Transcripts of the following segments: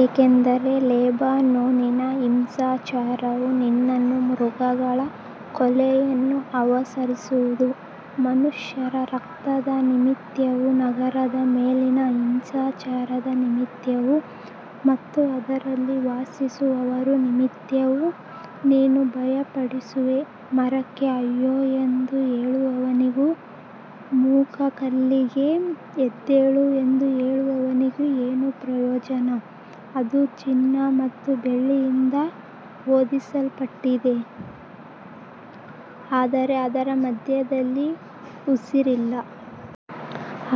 ಯಾಕಂದರೆ ಲೆಬನೋನಿನ ಹಿಂಸಾಚಾರವು ನಿನ್ನನ್ನೂ ಮೃಗಗಳ ಕೊಳ್ಳೆಯನ್ನೂ ಆವರಿಸುವುದು, ಮನುಷ್ಯರ ರಕ್ತದ ನಿಮಿತ್ತವೂ ನಗರದ ಮೇಲಿನ ಹಿಂಸಾಚಾರದ ನಿಮಿತ್ತವೂ ಮತ್ತು ಅದರಲ್ಲಿ ವಾಸಿಸುವವರ ನಿಮಿತ್ತವೂ ನೀನು ಭಯಪಡಿಸುವೆ. ಮರಕ್ಕೆ ಅಯ್ಯೋ ಎಂದು ಹೇಳುವವನಿಗೂ, ಮೂಕ ಕಲ್ಲಿಗೆ ಎದ್ದೇಳು ಎಂದು ಹೇಳುವವನಿಗೂ ಏನು ಪ್ರಯೋಜನ? ಅದು ಚಿನ್ನ ಮತ್ತು ಬೆಳ್ಳಿಯಿಂದ ಹೊದಿಸಲ್ಪಟ್ಟಿದೆ, ಆದರೆ ಅದರ ಮಧ್ಯದಲ್ಲಿ ಉಸಿರಿಲ್ಲ.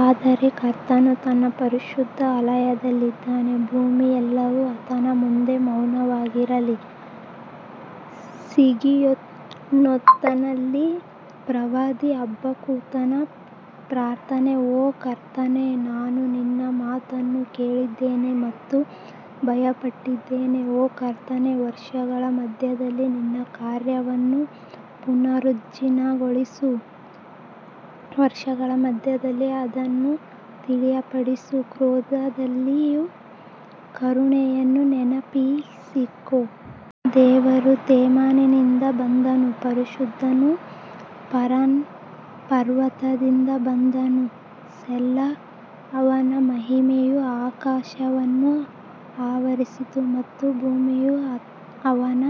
ಆದರೆ ಕರ್ತನು ತನ್ನ ಪರಿಶುದ್ಧ ಆಲಯದಲ್ಲಿದ್ದಾನೆ, ಭೂಮಿಯೆಲ್ಲವೂ ಆತನ ಮುಂದೆ ಮೌನವಾಗಿರಲಿ. ಶಿಗಿಯೋನೋತ್‌ನಲ್ಲಿ ಪ್ರವಾದಿ ಹಬಕ್ಕೂಕನ ಪ್ರಾರ್ಥನೆ. ಓ ಕರ್ತನೇ, ನಾನು ನಿನ್ನ ಮಾತನ್ನು ಕೇಳಿದ್ದೇನೆ ಮತ್ತು ಭಯಪಟ್ಟಿದ್ದೇನೆ. ಓ ಕರ್ತನೇ, ವರ್ಷಗಳ ಮಧ್ಯದಲ್ಲಿ ನಿನ್ನ ಕಾರ್ಯವನ್ನು ಪುನರುಜ್ಜೀವನಗೊಳಿಸು, ವರ್ಷಗಳ ಮಧ್ಯದಲ್ಲಿ ಅದನ್ನು ತಿಳಿಯಪಡಿಸು. ಕ್ರೋಧದಲ್ಲಿಯೂ ಕರುಣೆಯನ್ನು ನೆನಪಿಸಿಕೋ. ದೇವರು ತೇಮಾನಿನಿಂದ ಬಂದನು, ಪರಿಶುದ್ಧನು ಪರಾನ್ ಪರ್ವತದಿಂದ ಬಂದನು. ಸೆಲಾ. ಅವನ ಮಹಿಮೆಯು ಆಕಾಶವನ್ನು ಆವರಿಸಿತು ಮತ್ತು ಭೂಮಿಯು ಅವನ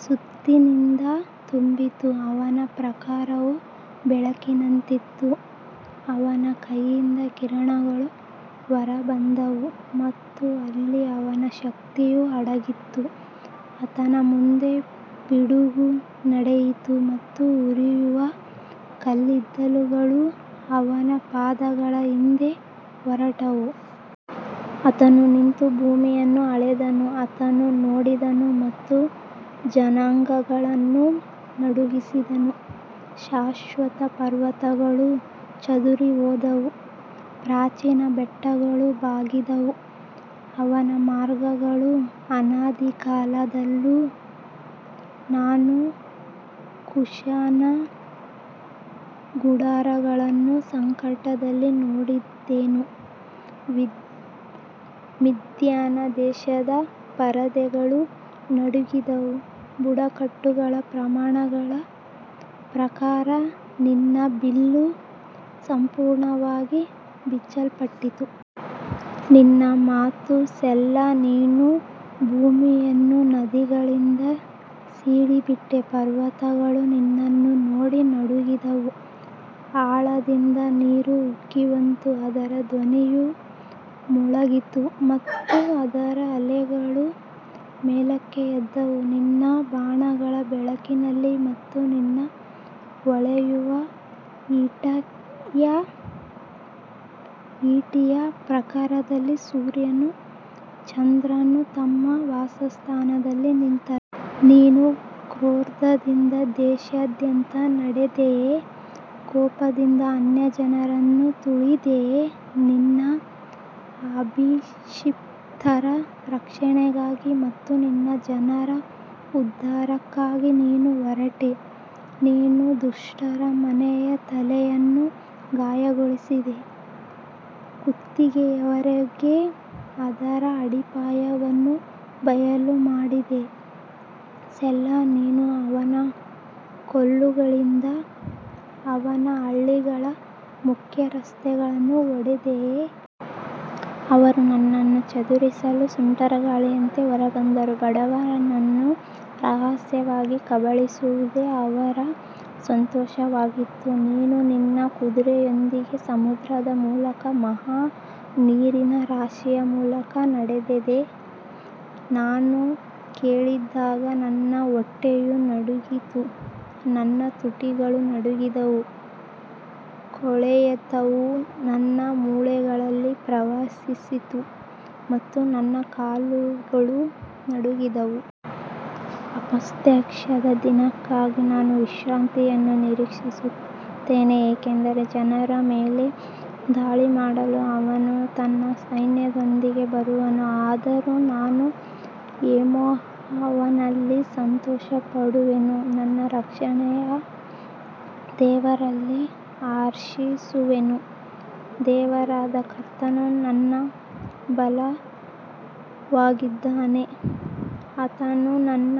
ಸ್ತುತಿಯಿಂದ ತುಂಬಿತು. ಅವನ ಪ್ರಕಾಶವು ಬೆಳಕಿನಂತಿತ್ತು, ಅವನ ಕೈಯಿಂದ ಕಿರಣಗಳು ಹೊರಬಂದವು ಮತ್ತು ಅಲ್ಲಿ ಅವನ ಶಕ್ತಿಯು ಅಡಗಿತ್ತು. ಆತನ ಮುಂದೆ ಪಿಡುಗು ನಡೆಯಿತು ಮತ್ತು ಉರಿಯುವ ಕಲ್ಲಿದ್ದಲುಗಳು ಅವನ ಪಾದಗಳ ಹಿಂದೆ ಹೊರಟವು. ಆತನು ನಿಂತು ಭೂಮಿಯನ್ನು ಅಳೆದನು, ಆತನು ನೋಡಿದನು ಮತ್ತು ಜನಾಂಗಗಳನ್ನು ನಡುಗಿಸಿದನು. ಶಾಶ್ವತ ಪರ್ವತಗಳು ಚದುರಿಹೋದವು, ಪ್ರಾಚೀನ ಬೆಟ್ಟಗಳು ಬಾಗಿದವು. ಅವನ ಮಾರ್ಗಗಳು ಅನಾದಿಕಾಲದವು. ನಾನು ಕೂಷನ ಗುಡಾರಗಳನ್ನು ಸಂಕಟದಲ್ಲಿ ನೋಡಿದೆನು, ಮಿದ್ಯಾನ್ ದೇಶದ ಪರದೆಗಳು ನಡುಗಿದವು. ಬುಡಕಟ್ಟುಗಳ ಪ್ರಮಾಣಗಳ ಪ್ರಕಾರ ನಿನ್ನ ಬಿಲ್ಲು ಸಂಪೂರ್ಣವಾಗಿ ಬಿಚ್ಚಲ್ಪಟ್ಟಿತು. ನಿನ್ನ ಮಾತು ಸೆಲಾ. ನೀನು ಭೂಮಿಯನ್ನು ನದಿಗಳಿಂದ ಸೀಳಿಬಿಟ್ಟೆ. ಪರ್ವತಗಳು ನಿನ್ನನ್ನು ನೋಡಿ ನಡುಗಿದವು, ಆಳದಿಂದ ನೀರು ಉಕ್ಕಿಬಂತು, ಅದರ ಧ್ವನಿಯು ಮೊಳಗಿತು ಮತ್ತು ಅದರ ಅಲೆಗಳು ಮೇಲಕ್ಕೆ ಎದ್ದವು. ನಿನ್ನ ಬಾಣಗಳ ಬೆಳಕಿನಲ್ಲಿ ಮತ್ತು ನಿನ್ನ ಹೊಳೆಯುವ ಈಟಿಯ ಪ್ರಕಾಶದಲ್ಲಿ ಸೂರ್ಯನೂ ಚಂದ್ರನೂ ತಮ್ಮ ವಾಸಸ್ಥಾನದಲ್ಲಿ ನಿಂತರು. ನೀನು ಕ್ರೋಧದಿಂದ ದೇಶದಾದ್ಯಂತ ನಡೆದೆಯೆ, ಕೋಪದಿಂದ ಅನ್ಯಜನರನ್ನು ತುಳಿದೆಯೆ. ನಿನ್ನ ಅಭಿಷಿಕ್ತರ ರಕ್ಷಣೆಗಾಗಿ ಮತ್ತು ನಿನ್ನ ಜನರ ಉದ್ಧಾರಕ್ಕಾಗಿ ನೀನು ಹೊರಟೆ. ನೀನು ದುಷ್ಟರ ಮನೆಯ ತಲೆಯನ್ನು ಗಾಯಗೊಳಿಸಿದೆ, ಕುತ್ತಿಗೆಯವರೆಗೆ ಅದರ ಅಡಿಪಾಯವನ್ನು ಬಯಲುಮಾಡಿದೆ. ಸೆಲಾ. ನೀನು ಅವನ ಕೋಲುಗಳಿಂದ ಅವನ ಹಳ್ಳಿಗಳ ಮುಖ್ಯಸ್ಥನನ್ನು ಹೊಡೆದೆಯೆ. ಅವರು ನನ್ನನ್ನು ಚದುರಿಸಲು ಸುಂಟರಗಾಳಿಯಂತೆ ಹೊರಬಂದರು, ಬಡವನನ್ನು ರಹಸ್ಯವಾಗಿ ಕಬಳಿಸುವುದೇ ಅವರ ಸಂತೋಷವಾಗಿತ್ತು. ನೀನು ನಿನ್ನ ಕುದುರೆಗಳೊಂದಿಗೆ ಸಮುದ್ರದ ಮೂಲಕ, ಮಹಾ ನೀರಿನ ರಾಶಿಯ ಮೂಲಕ ನಡೆದೆಯೆ. ನಾನು ಕೇಳಿದಾಗ ನನ್ನ ಹೊಟ್ಟೆಯು ನಡುಗಿತು, ನನ್ನ ತುಟಿಗಳು ನಡುಗಿದವು. ಕೊಳೆತವು ನನ್ನ ಮೂಳೆಗಳಲ್ಲಿ ಪ್ರವೇಶಿಸಿತು ಮತ್ತು ನನ್ನ ಕಾಲುಗಳು ನಡುಗಿದವು. ಆಪತ್ಕಾಲದ ದಿನಕ್ಕಾಗಿ ನಾನು ವಿಶ್ರಾಂತಿಯನ್ನು ನಿರೀಕ್ಷಿಸುತ್ತೇನೆ, ಏಕೆಂದರೆ ಜನರ ಮೇಲೆ ದಾಳಿ ಮಾಡಲು ಅವನು ತನ್ನ ಸೈನ್ಯದೊಂದಿಗೆ ಬರುವನು. ಆದರೂ ನಾನು ಯೆಹೋವನಲ್ಲಿ ಸಂತೋಷಪಡುವೆನು, ನನ್ನ ರಕ್ಷಣೆಯ ದೇವರಲ್ಲಿ ಹರ್ಷಿಸುವೆನು. ದೇವರಾದ ಕರ್ತನು ನನ್ನ ಬಲವಾಗಿದ್ದಾನೆ. ಆತನು ನನ್ನ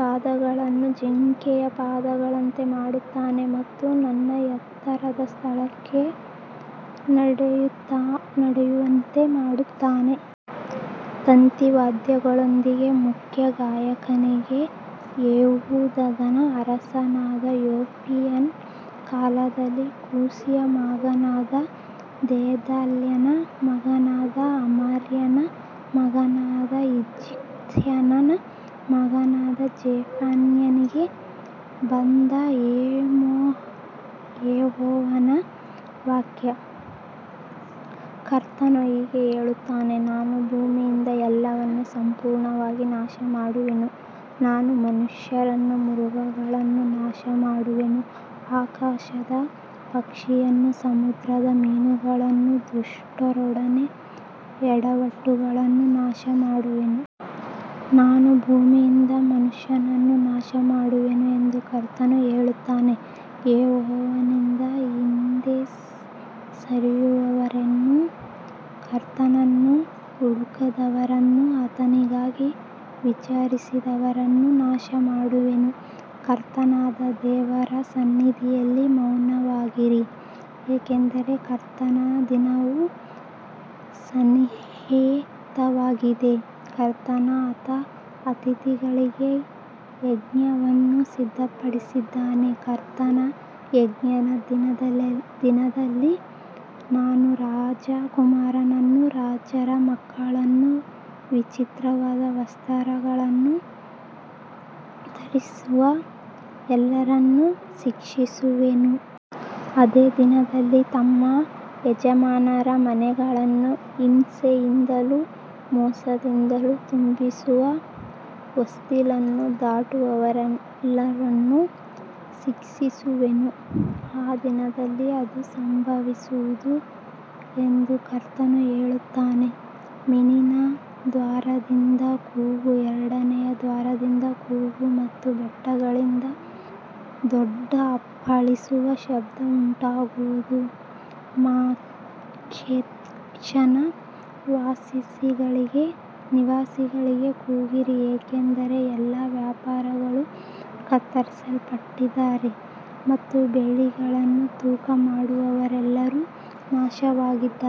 ಪಾದಗಳನ್ನು ಜಿಂಕೆಯ ಪಾದಗಳಂತೆ ಮಾಡುತ್ತಾನೆ ಮತ್ತು ನನ್ನ ಎತ್ತರದ ಸ್ಥಳಗಳಲ್ಲಿ ನಡೆಯುವಂತೆ ಮಾಡುತ್ತಾನೆ. ತಂತಿವಾದ್ಯಗಳೊಂದಿಗೆ ಮುಖ್ಯ ಗಾಯಕನಿಗೆ. ಯೆಹೂದದ ಅರಸನಾದ ಯೋಷೀಯನ ಕಾಲದಲ್ಲಿ ಕೂಶಿಯ ಮಗನಾದ ಗೆದಲ್ಯನ ಮಗನಾದ ಅಮರ್ಯನ ಮಗನಾದ ಹಿಜ್ಕೀಯನ ಮಗನಾದ ಜೆಫನ್ಯನಿಗೆ ಬಂದ ಯೆಹೋವನ ವಾಕ್ಯ. ಕರ್ತನು ಹೀಗೆ ಹೇಳುತ್ತಾನೆ, ನಾನು ಭೂಮಿಯಿಂದ ಎಲ್ಲವನ್ನೂ ಸಂಪೂರ್ಣವಾಗಿ ನಾಶಮಾಡುವೆನು. ನಾನು ಮನುಷ್ಯರನ್ನೂ ಮೃಗಗಳನ್ನೂ ನಾಶಮಾಡುವೆನು. ಆಕಾಶದ ಪಕ್ಷಿಗಳನ್ನೂ ಸಮುದ್ರದ ಮೀನುಗಳನ್ನೂ ದುಷ್ಟರೊಡನೆ ಎಡವಟ್ಟುಗಳನ್ನೂ ನಾಶಮಾಡುವೆನು. ನಾನು ಭೂಮಿಯಿಂದ ಮನುಷ್ಯನನ್ನು ನಾಶಮಾಡುವೆನು ಎಂದು ಕರ್ತನು ಹೇಳುತ್ತಾನೆ. ಯೆಹೋವನಿಂದ ಹಿಂದೆ ಸರಿಯುವವರನ್ನೂ ಕರ್ತನನ್ನು ಹುಡುಕದವರನ್ನೂ ಆತನಿಗಾಗಿ ವಿಚಾರಿಸದವರನ್ನೂ ನಾಶಮಾಡುವೆನು. ಕರ್ತನಾದ ದೇವರ ಸನ್ನಿಧಿಯಲ್ಲಿ ಮೌನವಾಗಿರಿ, ಯಾಕಂದರೆ ಕರ್ತನ ದಿನವು ಸನ್ನಿಹಿತವಾಗಿದೆ. ಕರ್ತನು ತನ್ನ ಅತಿಥಿಗಳಿಗೆ ಯಜ್ಞವನ್ನು ಸಿದ್ಧಪಡಿಸಿದ್ದಾನೆ. ಕರ್ತನ ಯಜ್ಞದ ದಿನದಲ್ಲಿ ನಾನು ರಾಜಕುಮಾರರನ್ನೂ ರಾಜರ ಮಕ್ಕಳನ್ನೂ ವಿಚಿತ್ರವಾದ ವಸ್ತ್ರಗಳನ್ನು ಧರಿಸಿರುವ ಎಲ್ಲರನ್ನೂ ಶಿಕ್ಷಿಸುವೆನು. ಅದೇ ದಿನದಲ್ಲಿ ತಮ್ಮ ಯಜಮಾನರ ಮನೆಗಳನ್ನು ಹಿಂಸೆಯಿಂದಲೂ ಮೋಸದಿಂದಲೂ ತುಂಬಿಸುವ ಹೊಸ್ತಿಲನ್ನು ದಾಟುವವರೆಲ್ಲರನ್ನೂ ಶಿಕ್ಷಿಸುವೆನು. ಆ ದಿನದಲ್ಲಿ ಅದು ಸಂಭವಿಸುವುದು ಎಂದು ಕರ್ತನು ಹೇಳುತ್ತಾನೆ. ಮೀನಿನ ದ್ವಾರದಿಂದ ಕೂಗು, ಎರಡನೆಯ ದ್ವಾರದಿಂದ ಕೂಗು ಮತ್ತು ಬೆಟ್ಟಗಳಿಂದ ದೊಡ್ಡ ಅಪ್ಪಳಿಸುವ ಶಬ್ದ ಉಂಟಾಗುವುದು. ಮಕ್ತೇಶನ ನಿವಾಸಿಗಳೇ, ಕೂಗಿರಿ, ಏಕೆಂದರೆ ಎಲ್ಲಾ ವ್ಯಾಪಾರಿಗಳು ಕತ್ತರಿಸಲ್ಪಟ್ಟಿದ್ದಾರೆ ಮತ್ತು ಬೆಳ್ಳಿಯನ್ನು ತೂಕಮಾಡುವವರೆಲ್ಲರೂ ನಾಶವಾಗಿದ್ದಾರೆ.